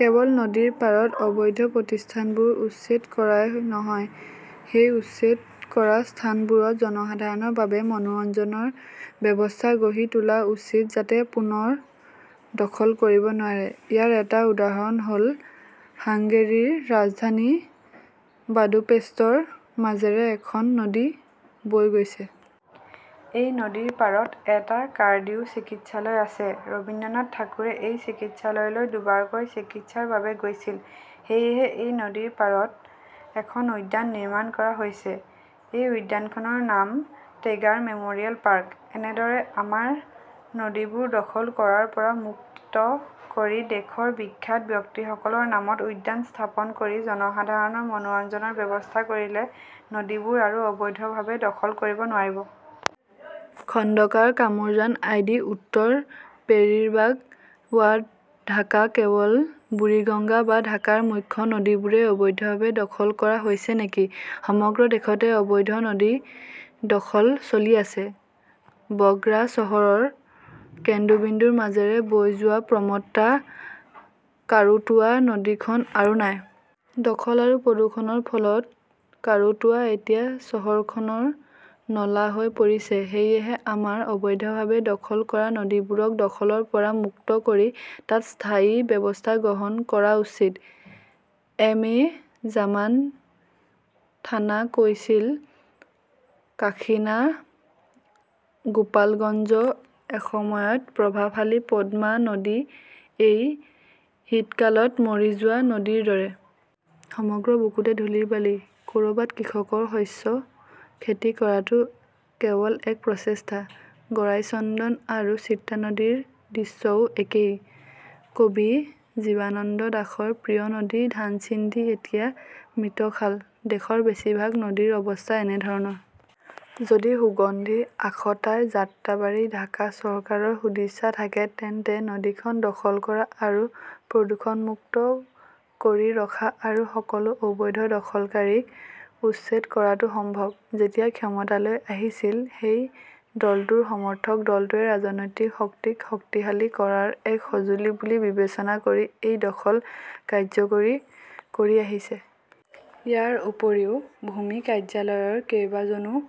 কেৱল নদীৰ পাৰত থকা অবৈধ প্ৰতিষ্ঠানবোৰ উচ্ছেদ কৰাই নহয় সেই উচ্ছেদ কৰা স্থানবোৰত জনসাধাৰণৰ বাবে মনোৰঞ্জনৰ ব্যৱস্থা গঢ়ি তোলা উচিত যাতে পুনৰ দখল কৰিব নোৱাৰে। ইয়াৰ এটা উদাহৰণ হ'ল হাংগেৰীৰ ৰাজধানী বুদাপেষ্টৰ মাজেৰে এখন নদী বৈ গৈছে। এই নদীৰ পাৰত এটা কাৰ্ডিও চিকিৎসালয় আছে। ৰবীন্দ্ৰনাথ ঠাকুৰে এই চিকিৎসালয়লৈ দুবাৰকৈ চিকিৎসাৰ বাবে গৈছিল। সেয়েহে এই নদীৰ পাৰত এখন উদ্যান নিৰ্মাণ কৰা হৈছে। এই উদ্যানখনৰ নাম টেগাৰ মেম'ৰিয়েল পাৰ্ক। এনেদৰে আমাৰ নদীবোৰ দখল কৰাৰ পৰা মুক্ত কৰি দেশৰ বিখ্যাত ব্যক্তিসকলৰ নামত উদ্যান স্থাপন কৰি জনসাধাৰণৰ মনোৰঞ্জনৰ ব্যৱস্থা কৰিলে নদীবোৰ আৰু অবৈধভাৱে দখল কৰিব নোৱাৰিব। খণ্ডকাৰ কামৰুজান আই ডি উত্তৰ পিৰেৰবাগ ৱাৰ্ড ঢাকা কেৱল বুৰিগঙ্গা বা ঢাকাৰ মুখ্য নদীবোৰেই অবৈধভাৱে দখল কৰা হৈছে নেকি? সমগ্ৰ দেশতে অবৈধ নদী দখল চলি আছে। বগ্ৰা চহৰৰ কেন্দ্ৰবিন্দুৰ মাজেৰে বৈ যোৱা প্ৰমত্তা কাৰুতোৱা নদীখন আৰু নাই। দখল আৰু প্ৰদূষণৰ ফলত কাৰুতোৱা এতিয়া চহৰখনৰ নলা হৈ পৰিছে। সেয়েহে আমাৰ অবৈধভাৱে দখল কৰা নদীবোৰক দখলৰ পৰা মুক্ত কৰি তাত স্থায়ী ব্যৱস্থা গ্ৰহণ কৰা উচিত। এম এ জামান থানা কৈছিল কাশীনা গোপালগঞ্জ এসময়ত প্ৰভাৱশালী পদ্মা নদী এই শীতকালত মৰি যোৱা নদীৰ দৰে। সমগ্ৰ বুকুতে ধূলিৰ বালি। ক'ৰবাত কৃষকৰ শস্য খেতি কৰাটো কেৱল এক প্ৰচেষ্টা। গড়াই চন্দন আৰু চিত্ৰা নদীৰ দৃশ্যও একেই। কবি জীৱানন্দ দাসৰ প্ৰিয় নদী ধানচিণ্ডী এতিয়া মৃত খাল। দেশৰ বেছিভাগ নদীৰ অৱস্থা এনেধৰণৰ। যদি সুগন্ধি আখতাৰ যাত্ৰাবাৰী ঢাকা চৰকাৰৰ সদিচ্ছা থাকে তেন্তে নদীখন দখল কৰা আৰু প্ৰদূষণমুক্ত কৰি ৰখা আৰু সকলো অবৈধ দখলকাৰীক উচ্ছেদ কৰাটো সম্ভৱ। যেতিয়া ক্ষমতালৈ আহিছিল সেই দলটোৰ সমৰ্থক গোটটোৱে ৰাজনৈতিক শক্তিক শক্তিশালী কৰাৰ এক সঁজুলি বুলি বিবেচনা কৰি এই দখল কাৰ্যকৰী কৰি আহিছে। ইয়াৰ উপৰিও ভূমি কাৰ্যালয়ৰ কেইবাজনো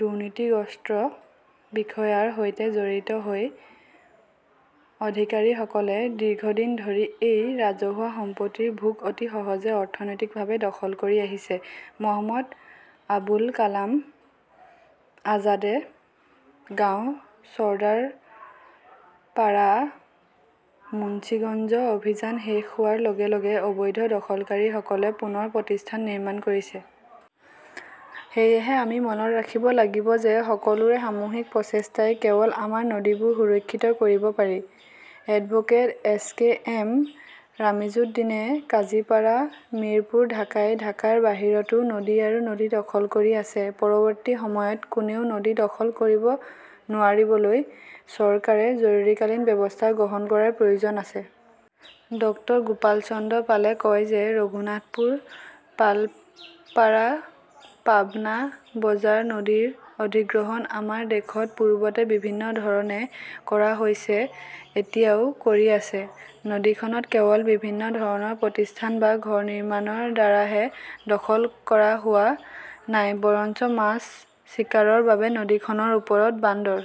দুৰ্নীতিগ্ৰস্ত বিষয়াৰ সৈতে জড়িত হৈ অধিকাৰীসকলে দীৰ্ঘদিন ধৰি এই ৰাজহুৱা সম্পত্তিৰ ভোগ অতি সহজে অনৈতিকভাৱে দখল কৰি আহিছে। মহম্মদ আবুল কালাম আজাদে গাঁও চৰ্দাৰপাৰা মুন্সিগঞ্জ অভিযান শেষ হোৱাৰ লগে লগে অবৈধ দখলকাৰীসকলে পুনৰ প্ৰতিষ্ঠান নিৰ্মাণ কৰিছে। সেয়েহে আমি মনত ৰাখিব লাগিব যে সকলোৰে সামূহিক প্ৰচেষ্টাই কেৱল আমাৰ নদীবোৰ সুৰক্ষিত কৰিব পাৰে। এডভোকেট এছ কে এম ৰামিজুদ্দিনে কাজিপাড়া মিৰপুৰ ঢাকাই ঢাকাৰ বাহিৰতো নদী আৰু নদী দখল কৰি আছে। পৰৱৰ্তী সময়ত কোনেও নদী দখল কৰিব নোৱাৰিবলৈ চৰকাৰে জৰুৰীকালীন ব্যৱস্থা গ্ৰহণ কৰাৰ প্ৰয়োজন আছে। ডক্টৰ গোপাল চন্দ্ৰ পালে কয় যে ৰঘুনাথপুৰ পালপাৰা পাবনা বজাৰ নদী অধিগ্ৰহণ আমাৰ দেশত পূৰ্বতে বিভিন্ন ধৰণে কৰা হৈছে এতিয়াও কৰি আছে। নদীখনত কেৱল বিভিন্ন ধৰণৰ প্ৰতিষ্ঠান বা ঘৰ নিৰ্মাণৰ দ্বাৰাহে দখল কৰা হোৱা নাই বৰঞ্চ মাছ চিকাৰৰ বাবে নদীখনৰ ওপৰত বান্ধৰ।